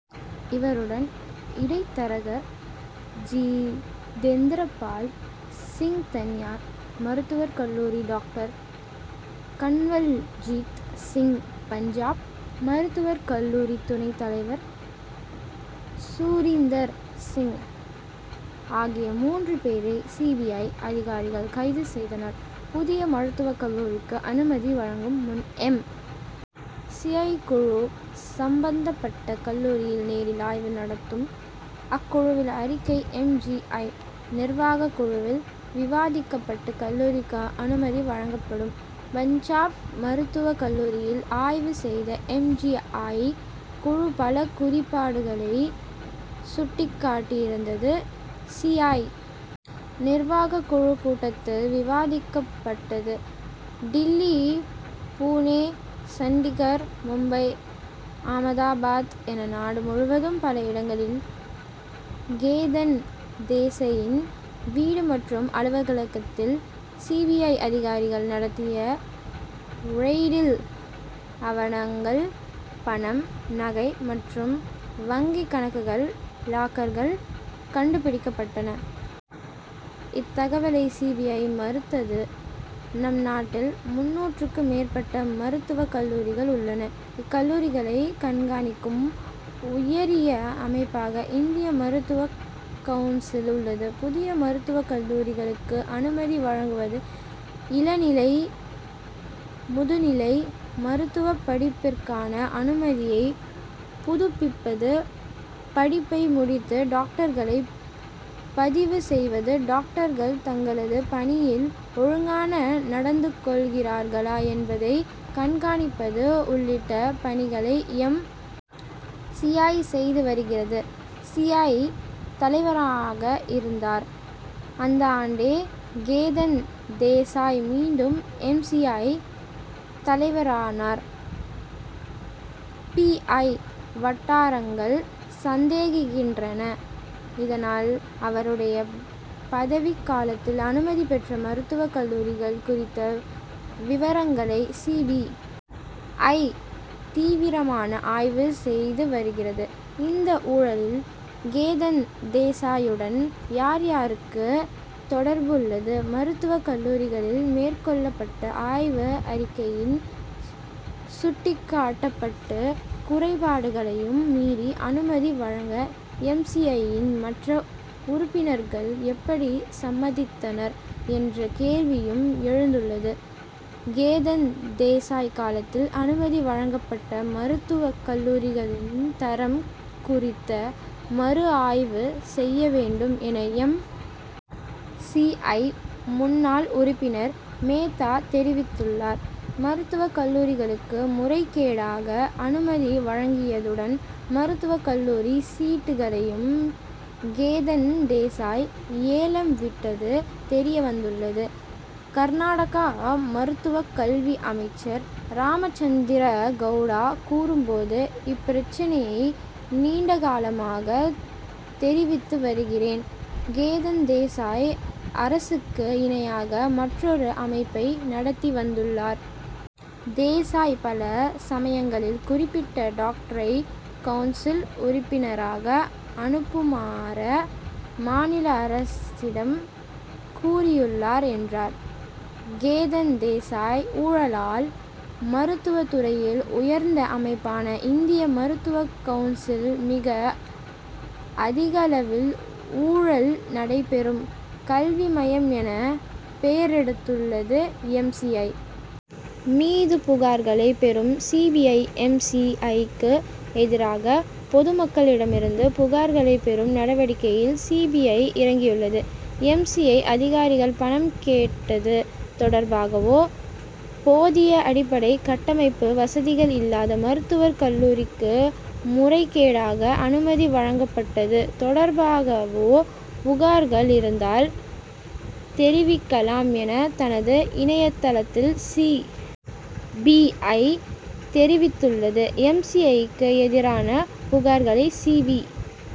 இவருடன் இடைத்தரகர் ஜிதேந்தர்பால் சிங் தனியார் மருத்துவக் கல்லூரி டாக்டர் கன்வல்ஜித் சிங் பஞ்சாப் மருத்துவக் கல்லூரி துணைத் தலைவர் சுரீந்தர் சிங் ஆகிய மூன்று பேரை சி. பி. ஐ. அதிகாரிகள் கைது செய்தனர். புதிய மருத்துவக் கல்லூரிக்கு அனுமதி வழங்கும் முன் எம். சி. ஐ. குழு சம்பந்தப்பட்ட கல்லூரியில் நேரில் ஆய்வு நடத்தும். அக்குழுவின் அறிக்கை எம். சி. ஐ. நிர்வாகக் குழுவில் விவாதிக்கப்பட்டு கல்லூரிக்கு அனுமதி வழங்கப்படும். பஞ்சாப் மருத்துவக் கல்லூரியில் ஆய்வு செய்த எம். சி. ஐ. குழு பல குறைபாடுகளை சுட்டிக்காட்டியிருந்தது. சி. ஐ. நிர்வாகக் குழு கூட்டத்தில் விவாதிக்கப்பட்டது. டில்லி புனே சண்டிகர் மும்பை ஆமதாபாத் என நாடு முழுவதும் பல இடங்களில் கேதன் தேசாயின் வீடு மற்றும் அலுவலகத்தில் சி. பி. ஐ. அதிகாரிகள் நடத்திய ரெய்டில் ஆவணங்கள் பணம் நகை மற்றும் வங்கிக் கணக்குகள் லாக்கர்கள் கண்டுபிடிக்கப்பட்டன. இத்தகவலை சி. பி. ஐ. மறுத்தது. நம் நாட்டில் முந்நூறுக்கும் மேற்பட்ட மருத்துவக் கல்லூரிகள் உள்ளன. இக்கல்லூரிகளைக் கண்காணிக்கும் உயரிய அமைப்பாக இந்திய மருத்துவக் கவுன்சில் உள்ளது. புதிய மருத்துவக் கல்லூரிகளுக்கு அனுமதி வழங்குவது இளநிலை முதுநிலை மருத்துவப் படிப்பிற்கான அனுமதியை புதுப்பிப்பது படிப்பை முடித்த டாக்டர்களை பதிவு செய்வது டாக்டர்கள் தங்களது பணியில் ஒழுங்காக நடந்துகொள்கிறார்களா என்பதை கண்காணிப்பது உள்ளிட்ட பணிகளை எம். சி. ஐ. செய்து வருகிறது. சி. ஐ. தலைவராக இருந்தார். அந்த ஆண்டே கேதன் தேசாய் மீண்டும் எம். சி. ஐ. தலைவரானார். பி. ஐ. வட்டாரங்கள் சந்தேகிக்கின்றன. இதனால் அவருடைய பதவிக் காலத்தில் அனுமதி பெற்ற மருத்துவக் கல்லூரிகள் குறித்த விவரங்களை சி. பி. ஐ. தீவிரமாக ஆய்வு செய்து வருகிறது. இந்த ஊழலில் கேதன் தேசாயுடன் யார் யாருக்கு தொடர்புள்ளது மருத்துவக் கல்லூரிகளில் மேற்கொள்ளப்பட்ட ஆய்வு அறிக்கையில் சுட்டிக்காட்டப்பட்ட குறைபாடுகளையும் மீறி அனுமதி வழங்க எம். சி. ஐ.யின் மற்ற உறுப்பினர்கள் எப்படி சம்மதித்தனர் என்ற கேள்வியும் எழுந்துள்ளது. கேதன் தேசாய் காலத்தில் அனுமதி வழங்கப்பட்ட மருத்துவக் கல்லூரிகளின் தரம் குறித்த மறுஆய்வு செய்ய வேண்டும் என எம். சி. ஐ. முன்னாள் உறுப்பினர் மேத்தா தெரிவித்துள்ளார். மருத்துவக் கல்லூரிகளுக்கு முறைகேடாக அனுமதி வழங்கியதுடன் மருத்துவக் கல்லூரி சீட்களையும் கேதன் தேசாய் ஏலம் விட்டது தெரியவந்துள்ளது. கர்நாடக மருத்துவக் கல்வி அமைச்சர் ராமச்சந்திர கவுடா கூறும்போது இப்பிரச்னையை நீண்டகாலமாக தெரிவித்து வருகிறேன். கேதன் தேசாய் அரசுக்கு இணையாக மற்றொரு அமைப்பை நடத்தி வந்துள்ளார். தேசாய் பல சமயங்களில் குறிப்பிட்ட டாக்டரை கவுன்சில் உறுப்பினராக அனுப்புமாறு மாநில அரசிடம் கூறியுள்ளார் என்றார். கேதன் தேசாய் ஊழலால் மருத்துவத் துறையில் உயர்ந்த அமைப்பான இந்திய மருத்துவக் கவுன்சில் மிக அதிகளவில் ஊழல் நடைபெறும் கல்வி மையம் என பெயரெடுத்துள்ளது. எம். சி. ஐ. மீது புகார்களை பெறும் C. B. I. M. C. ஐ.க்கு எதிராக பொதுமக்களிடமிருந்து புகார்களை பெறும் நடவடிக்கையிலும் சி. பி. ஐ. இறங்கியுள்ளது. எம். சி. ஐ. அதிகாரிகள் பணம் கேட்டது தொடர்பாகவோ போதிய அடிப்படை கட்டமைப்பு வசதிகள் இல்லாத மருத்துவக் கல்லூரிக்கு முறைகேடாக அனுமதி வழங்கப்பட்டது தொடர்பாகவோ புகார்கள் இருந்தால் தெரிவிக்கலாம் என தனது இணையதளத்தில் சி. பி. ஐ. தெரிவித்துள்ளது. எம். சி. ஐ.க்கு எதிரான புகார்களை சி. பி.